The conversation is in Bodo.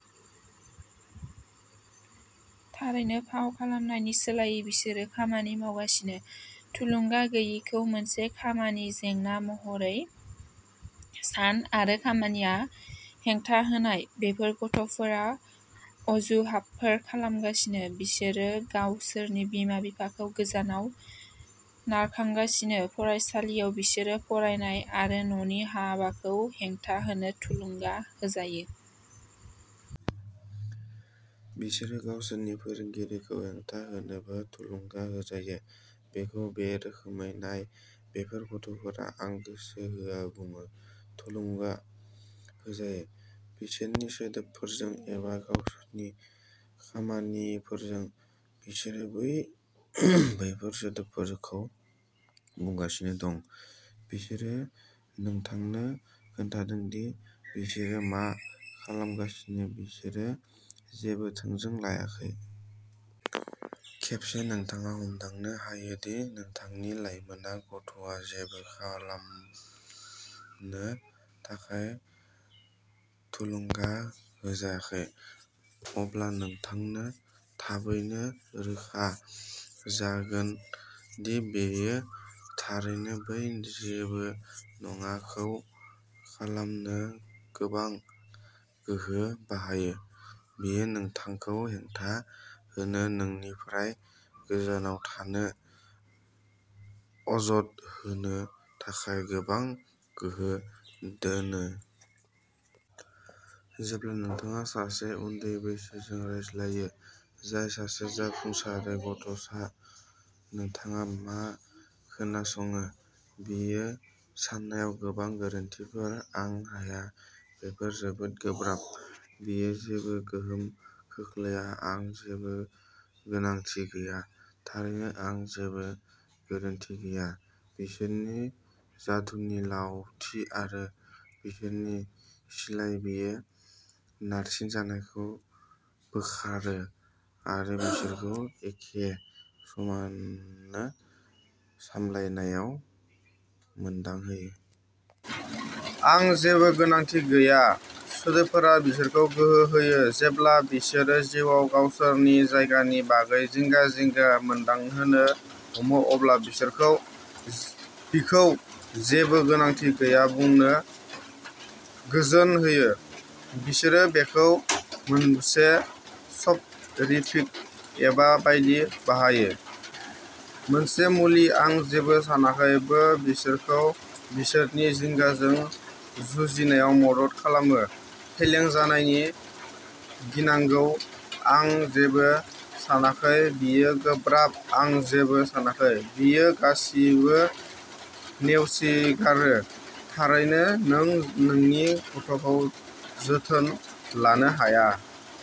थारैनो, फाव खालामनायनि सोलायै, बिसोरो खामानि मावगासिनो। थुलुंगा गैयैखौ मोनसे खामानि जेंना महरै सान-आरो खामानिआ हेंथा होनाय। बेफोर गथ'फोरा अजुहाबफोर खालामगासिनो; बिसोरो गावसोरनि बिमा-बिफाखौ गोजानाव नारखांगासिनो। फरायसालियाव, बिसोरो फरायनाय आरो न'नि हाबाखौ हेंथा होनो थुलुंगा होजायो। बिसोरो गावसोरनि फोरोंगिरिफोरखौ हेंथा होनोबो थुलुंगा होजायो। बेखौ बे रोखोमै नायः बेफोर गथ'फोरा "आं गोसो होआ" बुंनो थुलुंगा होजायो, बिसोरनि सोदोबफोरजों एबा गावसोरनि खामानिफोरजों। बिसोर बैफोर सोदोबफोरखौ बुंगासिनो दं; बिसोरो नोंथांनो खोन्थादों दि बिसोरो मा खालामगासिनो-बिसोर जेबो जोथोन लायाखै। खेबसे नोंथाङा हमदांनो हायो दि नोंथांनि लायमोन गथ'आ जेबो खालामनो थाखाय थुलुंगा होजायाखै, अब्ला नोंथांनो थाबैनो रोखा जागोन दि बियो थारैनो बै "जेबो नङा" खौ खालामनो गोबां गोहो बाहायो। बियो नोंथांखौ हेंथा होनो, नोंथांनिफ्राय गोजानाव थानो, अजद होनो थाखाय गोबां गोहो दोनो। जेब्ला नोंथाङा सासे उनदै बैसोजों रायज्लायो, जाय सासे जाफुंसारै गथ'सा, नोंथाङा मा खोनासङो, बेयो साननायाव गोबां गोरोन्थिफोर। "आं हाया; बेयो जोबोद गोब्राब; बेयो जेबो गोहोम खोख्लैया; आं जेबो गोनांथि गैया। " थारैनो, "आं जेबो गोनांथि गैया" बिसोरनि जादुनि लावथि आरो बिसोरनि सिलाइ-बेयो नारसिननायखौ बोखारो आरो बिसोरखौ एखे समावनो सामलायनायाव मोनदांहोयो। "आं जेबो गोनांथि गैया" सोदोबफोरा बिसोरखौ गोहो होयो। जेब्ला बिसोरो जिउआव गावसोरनि जायगानि बागै जिंगा-जिंगा मोनदांनो हमो, अब्ला बिसोरखौ बेखौ जेबो गोनांथि गैया बुंनो गोजोन होयो; बिसोरो बेखौ मोनसे स'प'रिफिक एबा बायदि बाहायो। मोनसे मुलि। "आं जेबो सानाखै" बो बिसोरखौ बिसोरनि जिंगाजों जुजिनायाव मदद खालामो। फेलें जानायनि गिनांगौ? "आं जेबो सानाखै। " बेयो गोब्राब? "आं जेबो सानाखै। " बेयो गासिबो नेवसिगारो। थारैनो, नों नोंनि गथ'खौ जोथोन लानो हाया।